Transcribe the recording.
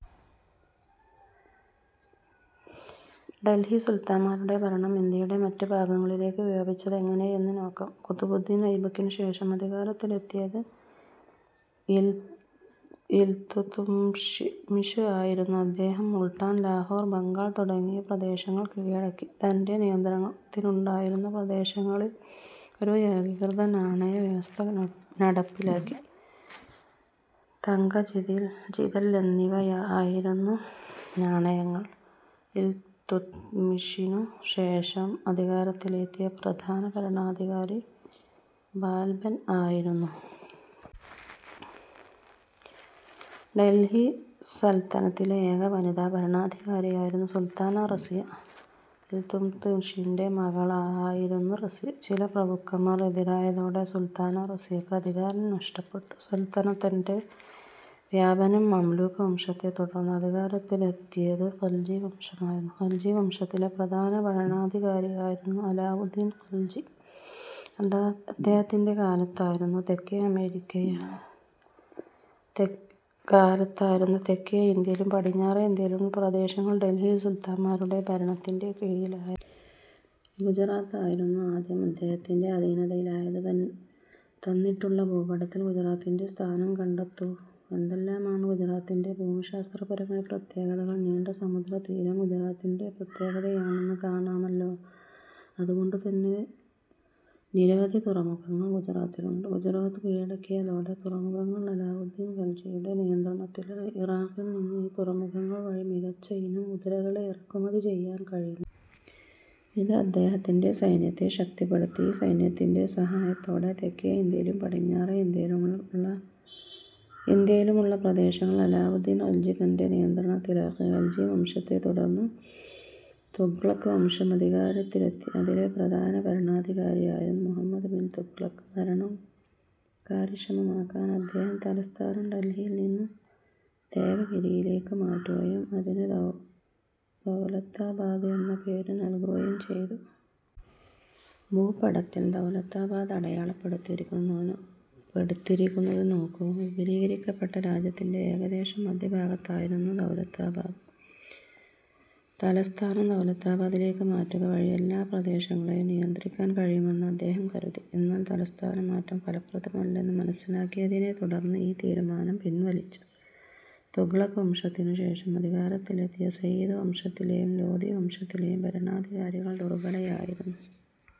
ഡൽഹി സുൽത്താന്മാരുടെ ഭരണം ഇന്ത്യയുടെ മറ്റ് ഭാഗങ്ങളിലേക്ക് വ്യാപിച്ചതെങ്ങനെയെന്ന് നോക്കാം. കുത്ബുദ്ദീൻ ഐബക്കിനുശേഷം അധികാരത്തിലെത്തിയത് ഇൽതുത്മിഷ് ആയിരുന്നു. അദ്ദേഹം മുൾട്ടാൻ, ലാഹോർ, ബംഗാൾ തുടങ്ങിയ പ്രദേശങ്ങൾ കീഴടക്കി. തന്റെ നിയന്ത്രണത്തിലുണ്ടായിരുന്ന പ്രദേശങ്ങളിൽ ഒരു ഏകീകൃത നാണയവ്യവസ്ഥ നടപ്പിലാക്കി. തങ്ക, ജിതൽ എന്നിവയായിരുന്നു നാണയങ്ങൾ. ഇൽതുത്മിഷിനു ശേഷം അധികാരത്തിലെത്തിയ പ്രധാന ഭരണാധികാരി ബാൽബൻ ആയിരുന്നു. ഡൽഹി സൽത്തനത്തിലെ ഏക വനിതാ ഭരണാധികാരിയായിരുന്നു സുൽത്താന റസിയ. ഇൽതുത്മിഷിന്റെ മകളായിരുന്നു റസിയ. ചില പ്രഭുക്കന്മാർ എതിരായതോടെ സുൽത്താന റസിയയ്ക്ക് അധികാരം നഷ്ടപ്പെട്ടു. സൽത്തനത്തിന്റെ വ്യാപനം മംലൂക്ക് വംശത്തെത്തുടർന്ന് അധികാരത്തിലെത്തിയത് ഖൽജി വംശമായിരുന്നു. ഖൽജി വംശത്തിലെ പ്രധാന ഭരണാധികാരിയായിരുന്നു അലാവുദ്ദീൻ ഖൽജി. അദ്ദേഹത്തിന്റെ കാലത്തായിരുന്നു തെക്കേ ഇന്ത്യയിലും പടിഞ്ഞാറെ ഇന്ത്യയിലുമുള്ള പ്രദേശങ്ങൾ ഡൽഹി സുൽത്താന്മാരുടെ ഭരണത്തിന്റെ കീഴിലായത്. ഗുജറാത്ത് ആയിരുന്നു ആദ്യം അദ്ദേഹത്തിന്റെ അധീനതയിലായത്. തന്നിട്ടുള്ള ഭൂപടത്തിൽ ഗുജറാത്തിന്റെ സ്ഥാനം കണ്ടെത്തൂ. എന്തെല്ലാമാണ് ഗുജറാത്തിന്റെ ഭൂമിശാസ്ത്രപരമായ പ്രത്യേകതകൾ നീണ്ട സമുദ്രതീരം ഗുജറാത്തിന്റെ പ്രത്യേകതയാണെന്ന് കാണാമല്ലോ. അതുകൊണ്ടുതന്നെ നിരവധി തുറമുഖങ്ങൾ ഗുജറാത്തിലുണ്ട്. ഗുജറാത്ത് കീഴടക്കിയതോടെ തുറമുഖങ്ങൾ അലാവുദ്ദീൻ ഖൽജിയുടെ നിയന്ത്രണത്തിലായി. ഇറാഖിൽനിന്ന് ഈ തുറമുഖങ്ങൾ വഴി മികച്ചയിനം കുതിരകളെ ഇറക്കുമതി ചെയ്യാൻ കഴിഞ്ഞു. ഇത് അദ്ദേഹത്തിന്റെ സൈന്യത്തെ ശക്തിപ്പെടുത്തി. ഈ സൈന്യത്തിന്റെ സഹായത്തോടെ തെക്കേ ഇന്ത്യയിലും പടിഞ്ഞാറെ ഇന്ത്യയിലുമുള്ള പ്രദേശങ്ങൾ അലാവുദ്ദീൻ ഖൽജി തന്റെ നിയന്ത്രണത്തിലാക്കി. ഖൽജി വംശത്തെത്തുടർന്ന് തുഗ്ലക്ക് വംശം അധികാരത്തിലെത്തി. അതിലെ പ്രധാന ഭരണാധികാരിയായിരുന്നു മുഹമ്മദ് ബിൻ തുഗ്ലക്ക്. ഭരണം കാര്യക്ഷമമാക്കാൻ അദ്ദേഹം തലസ്ഥാനം ഡൽഹിയിൽ നിന്ന് ദേവഗിരിയിലേക്ക് മാറ്റുകയും അതിന് ദൗലത്താബാദ് എന്ന പേര് നൽകുകയും ചെയ്തു. ഭൂപടത്തിൽ ദൗലത്താബാദ് അടയാളപ്പെടുത്തിയിരിക്കുന്നത് നോക്കൂ. വിപുലീകരിക്കപ്പെട്ട രാജ്യത്തിന്റെ ഏകദേശം മധ്യഭാഗത്തായിരുന്നു ദൗലത്താബാദ്. തലസ്ഥാനം ദൗലത്താബാദിലേക്ക് മാറ്റുകവഴി എല്ലാ പ്രദേശങ്ങളേയും നിയന്ത്രിക്കാൻ കഴിയുമെന്ന് അദ്ദേഹം കരുതി. എന്നാൽ തലസ്ഥാനമാറ്റം ഫലപ്രദമല്ലെന്ന് മനസ്സിലാക്കിയതിനെത്തുടർന്ന് ഈ തീരുമാനം പിൻവലിച്ചു. തുഗ്ലക്ക് വംശത്തിനുശേഷം അധികാരത്തിലെത്തിയ സയ്യിദ് വംശത്തിലെയും ലോദി വംശത്തിലെയും ഭരണാധികാരികൾ ദുർബലരായിരുന്നു.